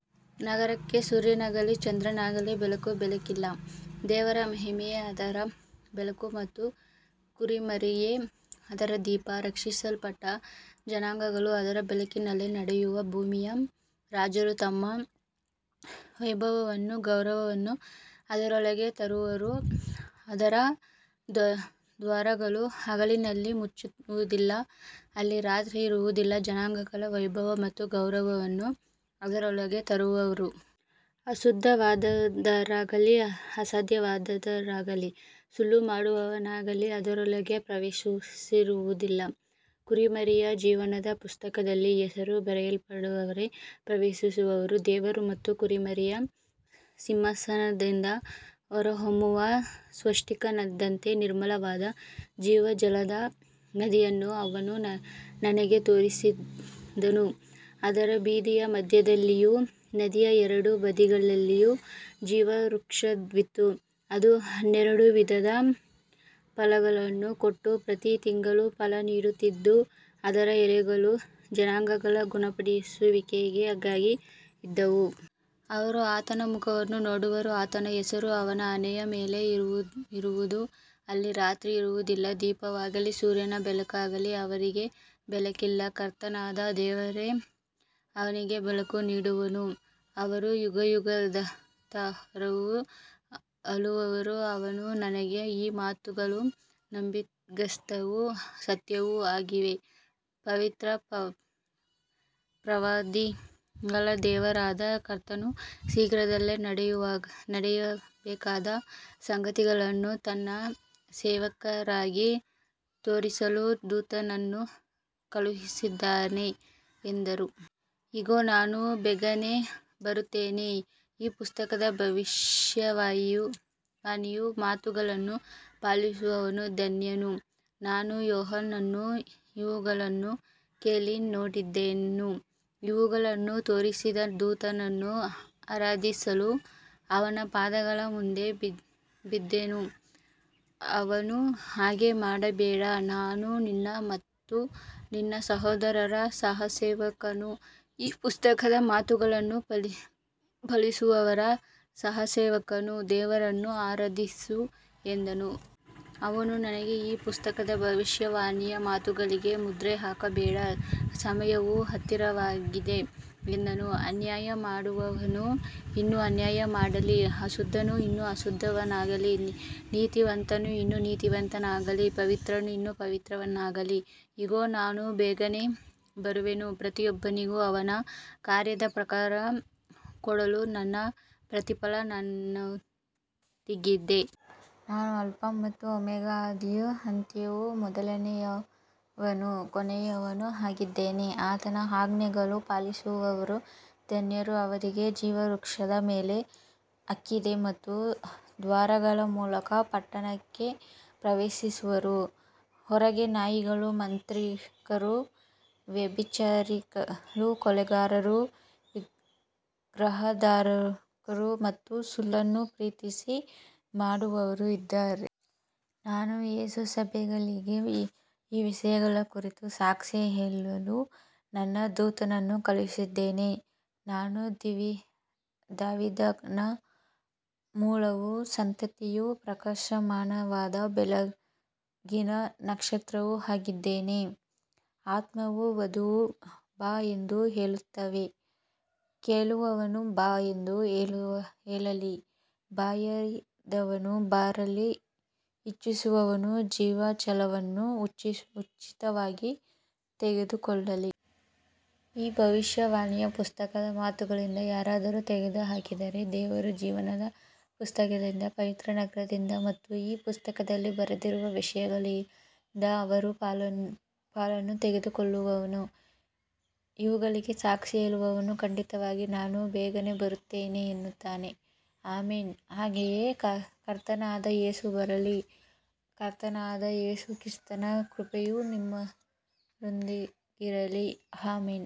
ನಗರಕ್ಕೆ ಸೂರ್ಯನಾಗಲಿ ಚಂದ್ರನಾಗಲಿ ಬೆಳಕು ಬೇಕಿಲ್ಲ, ದೇವರ ಮಹಿಮೆಯೇ ಅದರ ಬೆಳಕು ಮತ್ತು ಕುರಿಮರಿಯೇ ಅದರ ದೀಪ. ರಕ್ಷಿಸಲ್ಪಟ್ಟ ಜನಾಂಗಗಳು ಅದರ ಬೆಳಕಿನಲ್ಲಿ ನಡೆಯುವರು, ಭೂಮಿಯ ರಾಜರು ತಮ್ಮ ವೈಭವವನ್ನೂ ಗೌರವವನ್ನೂ ಅದರೊಳಗೆ ತರುವರು. ಅದರ ದ್ವಾರಗಳು ಹಗಲಿನಲ್ಲಿ ಮುಚ್ಚುವುದಿಲ್ಲ, ಅಲ್ಲಿ ರಾತ್ರಿ ಇರುವುದಿಲ್ಲ. ಜನಾಂಗಗಳ ವೈಭವ ಮತ್ತು ಗೌರವವನ್ನು ಅದರೊಳಗೆ ತರುವರು. ಅಶುದ್ಧವಾದದ್ದಾಗಲಿ ಅಸಹ್ಯವಾದದ್ದಾಗಲಿ ಸುಳ್ಳು ಮಾಡುವವನಾಗಲಿ ಅದರೊಳಗೆ ಪ್ರವೇಶಿಸುವುದಿಲ್ಲ, ಕುರಿಮರಿಯ ಜೀವನದ ಪುಸ್ತಕದಲ್ಲಿ ಹೆಸರು ಬರೆಯಲ್ಪಟ್ಟವರೇ ಪ್ರವೇಶಿಸುವರು. ದೇವರು ಮತ್ತು ಕುರಿಮರಿಯ ಸಿಂಹಾಸನದಿಂದ ಹೊರಹೊಮ್ಮುವ ಸ್ಫಟಿಕದಂತೆ ನಿರ್ಮಲವಾದ ಜೀವಜಲದ ನದಿಯನ್ನು ಅವನು ನನಗೆ ತೋರಿಸಿದನು. ಅದರ ಬೀದಿಯ ಮಧ್ಯದಲ್ಲಿಯೂ ನದಿಯ ಎರಡೂ ಬದಿಗಳಲ್ಲಿಯೂ ಜೀವವೃಕ್ಷವಿತ್ತು. ಅದು ಹನ್ನೆರಡು ವಿಧದ ಫಲಗಳನ್ನು ಕೊಟ್ಟು, ಪ್ರತಿ ತಿಂಗಳು ಫಲ ನೀಡುತ್ತಿತ್ತು, ಅದರ ಎಲೆಗಳು ಜನಾಂಗಗಳ ಗುಣಪಡಿಸುವಿಕೆಗಾಗಿ ಇದ್ದವು. ಅವರು ಆತನ ಮುಖವನ್ನು ನೋಡುವರು, ಆತನ ಹೆಸರು ಅವರ ಹಣೆಯ ಮೇಲೆ ಇರುವುದು. ಅಲ್ಲಿ ರಾತ್ರಿ ಇರುವುದಿಲ್ಲ, ದೀಪವಾಗಲಿ ಸೂರ್ಯನ ಬೆಳಕಾಗಲಿ ಅವರಿಗೆ ಬೇಕಿಲ್ಲ, ಕರ್ತನಾದ ದೇವರೇ ಅವರಿಗೆ ಬೆಳಕು ನೀಡುವನು, ಅವರು ಯುಗಯುಗಾಂತರವೂ ಆಳುವರು. ಅವನು ನನಗೆ, ಈ ಮಾತುಗಳು ನಂಬಿಗಸ್ತವೂ ಸತ್ಯವೂ ಆಗಿವೆ, ಪವಿತ್ರ ಪ್ರವಾದಿಗಳ ದೇವರಾದ ಕರ್ತನು ಶೀಘ್ರದಲ್ಲೇ ನಡೆಯಬೇಕಾದ ಸಂಗತಿಗಳನ್ನು ತನ್ನ ಸೇವಕರಿಗೆ ತೋರಿಸಲು ದೂತನನ್ನು ಕಳುಹಿಸಿದ್ದಾನೆ ಎಂದನು. ಇಗೋ, ನಾನು ಬೇಗನೆ ಬರುತ್ತೇನೆ, ಈ ಪುಸ್ತಕದ ಭವಿಷ್ಯವಾಣಿಯ ಮಾತುಗಳನ್ನು ಪಾಲಿಸುವವನು ಧನ್ಯನು. ನಾನು ಯೋಹಾನನು ಇವುಗಳನ್ನು ಕೇಳಿ ನೋಡಿದೆನು, ಇವುಗಳನ್ನು ತೋರಿಸಿದ ದೂತನನ್ನು ಆರಾಧಿಸಲು ಅವನ ಪಾದಗಳ ಮುಂದೆ ಬಿದ್ದೆನು. ಅವನು, ಹಾಗೆ ಮಾಡಬೇಡ, ನಾನು ನಿನ್ನ ಮತ್ತು ನಿನ್ನ ಸಹೋದರರ ಸಹಸೇವಕನು, ಈ ಪುಸ್ತಕದ ಮಾತುಗಳನ್ನು ಪಾಲಿಸುವವರ ಸಹಸೇವಕನು, ದೇವರನ್ನು ಆರಾಧಿಸು ಎಂದನು. ಅವನು ನನಗೆ, ಈ ಪುಸ್ತಕದ ಭವಿಷ್ಯವಾಣಿಯ ಮಾತುಗಳಿಗೆ ಮುದ್ರೆ ಹಾಕಬೇಡ, ಸಮಯವು ಹತ್ತಿರವಾಗಿದೆ ಎಂದನು. ಅನ್ಯಾಯ ಮಾಡುವವನು ಇನ್ನೂ ಅನ್ಯಾಯ ಮಾಡಲಿ, ಅಶುದ್ಧನು ಇನ್ನೂ ಅಶುದ್ಧನಾಗಿರಲಿ, ನೀತಿವಂತನು ಇನ್ನೂ ನೀತಿವಂತನಾಗಿರಲಿ, ಪವಿತ್ರನು ಇನ್ನೂ ಪವಿತ್ರನಾಗಿರಲಿ. ಇಗೋ, ನಾನು ಬೇಗನೆ ಬರುತ್ತೇನೆ, ಪ್ರತಿಯೊಬ್ಬನಿಗೂ ಅವನ ಕಾರ್ಯದ ಪ್ರಕಾರ ಕೊಡಲು ನನ್ನ ಪ್ರತಿಫಲ ನನ್ನೊಂದಿಗಿದೆ. ನಾನು ಆಲ್ಫಾ ಮತ್ತು ಓಮೆಗಾ, ಆದಿಯೂ ಅಂತ್ಯವೂ, ಮೊದಲನೆಯವನೂ ಕೊನೆಯವನೂ ಆಗಿದ್ದೇನೆ. ಆತನ ಆಜ್ಞೆಗಳನ್ನು ಪಾಲಿಸುವವರು ಧನ್ಯರು, ಅವರಿಗೆ ಜೀವವೃಕ್ಷದ ಮೇಲೆ ಹಕ್ಕಿದೆ ಮತ್ತು ದ್ವಾರಗಳ ಮೂಲಕ ಪಟ್ಟಣಕ್ಕೆ ಪ್ರವೇಶಿಸುವರು. ಹೊರಗೆ ನಾಯಿಗಳು, ಮಾಂತ್ರಿಕರು, ವ್ಯಭಿಚಾರಿಗಳು, ಕೊಲೆಗಾರರು, ವಿಗ್ರಹಾರಾಧಕರು ಮತ್ತು ಸುಳ್ಳನ್ನು ಪ್ರೀತಿಸಿ ಮಾಡುವವರು ಇದ್ದಾರೆ. ನಾನು ಯೇಸು, ಸಭೆಗಳಿಗೆ ಈ ವಿಷಯಗಳ ಕುರಿತು ಸಾಕ್ಷಿ ಹೇಳಲು ನನ್ನ ದೂತನನ್ನು ಕಳುಹಿಸಿದ್ದೇನೆ. ನಾನು ದಾವೀದನ ಮೂಲವೂ ಸಂತತಿಯೂ, ಪ್ರಕಾಶಮಾನವಾದ ಬೆಳಗಿನ ನಕ್ಷತ್ರವೂ ಆಗಿದ್ದೇನೆ. ಆತ್ಮವೂ ವಧುವೂ, ಬಾ ಎಂದು ಹೇಳುತ್ತವೆ. ಕೇಳುವವನು, ಬಾ ಎಂದು ಹೇಳಲಿ. ಬಾಯಾರಿದವನು ಬರಲಿ, ಇಚ್ಛಿಸುವವನು ಜೀವಜಲವನ್ನು ಉಚಿತವಾಗಿ ತೆಗೆದುಕೊಳ್ಳಲಿ. ಈ ಭವಿಷ್ಯವಾಣಿಯ ಪುಸ್ತಕದ ಮಾತುಗಳಿಂದ ಯಾರಾದರೂ ತೆಗೆದುಹಾಕಿದರೆ, ದೇವರು ಜೀವನದ ಪುಸ್ತಕದಿಂದ, ಪವಿತ್ರನಗರದಿಂದ ಮತ್ತು ಈ ಪುಸ್ತಕದಲ್ಲಿ ಬರೆದಿರುವ ವಿಷಯಗಳಿಂದ ಅವನ ಪಾಲನ್ನು ತೆಗೆದುಹಾಕುವನು. ಇವುಗಳಿಗೆ ಸಾಕ್ಷಿ ಹೇಳುವವನು, ಖಂಡಿತವಾಗಿ ನಾನು ಬೇಗನೆ ಬರುತ್ತೇನೆ ಎನ್ನುತ್ತಾನೆ. ಆಮೆನ್, ಹಾಗೆಯೇ ಕರ್ತನಾದ ಯೇಸು ಬರಲಿ. ಕರ್ತನಾದ ಯೇಸು ಕ್ರಿಸ್ತನ ಕೃಪೆಯು ನಿಮ್ಮೆಲ್ಲರೊಂದಿಗಿರಲಿ. ಆಮೆನ್.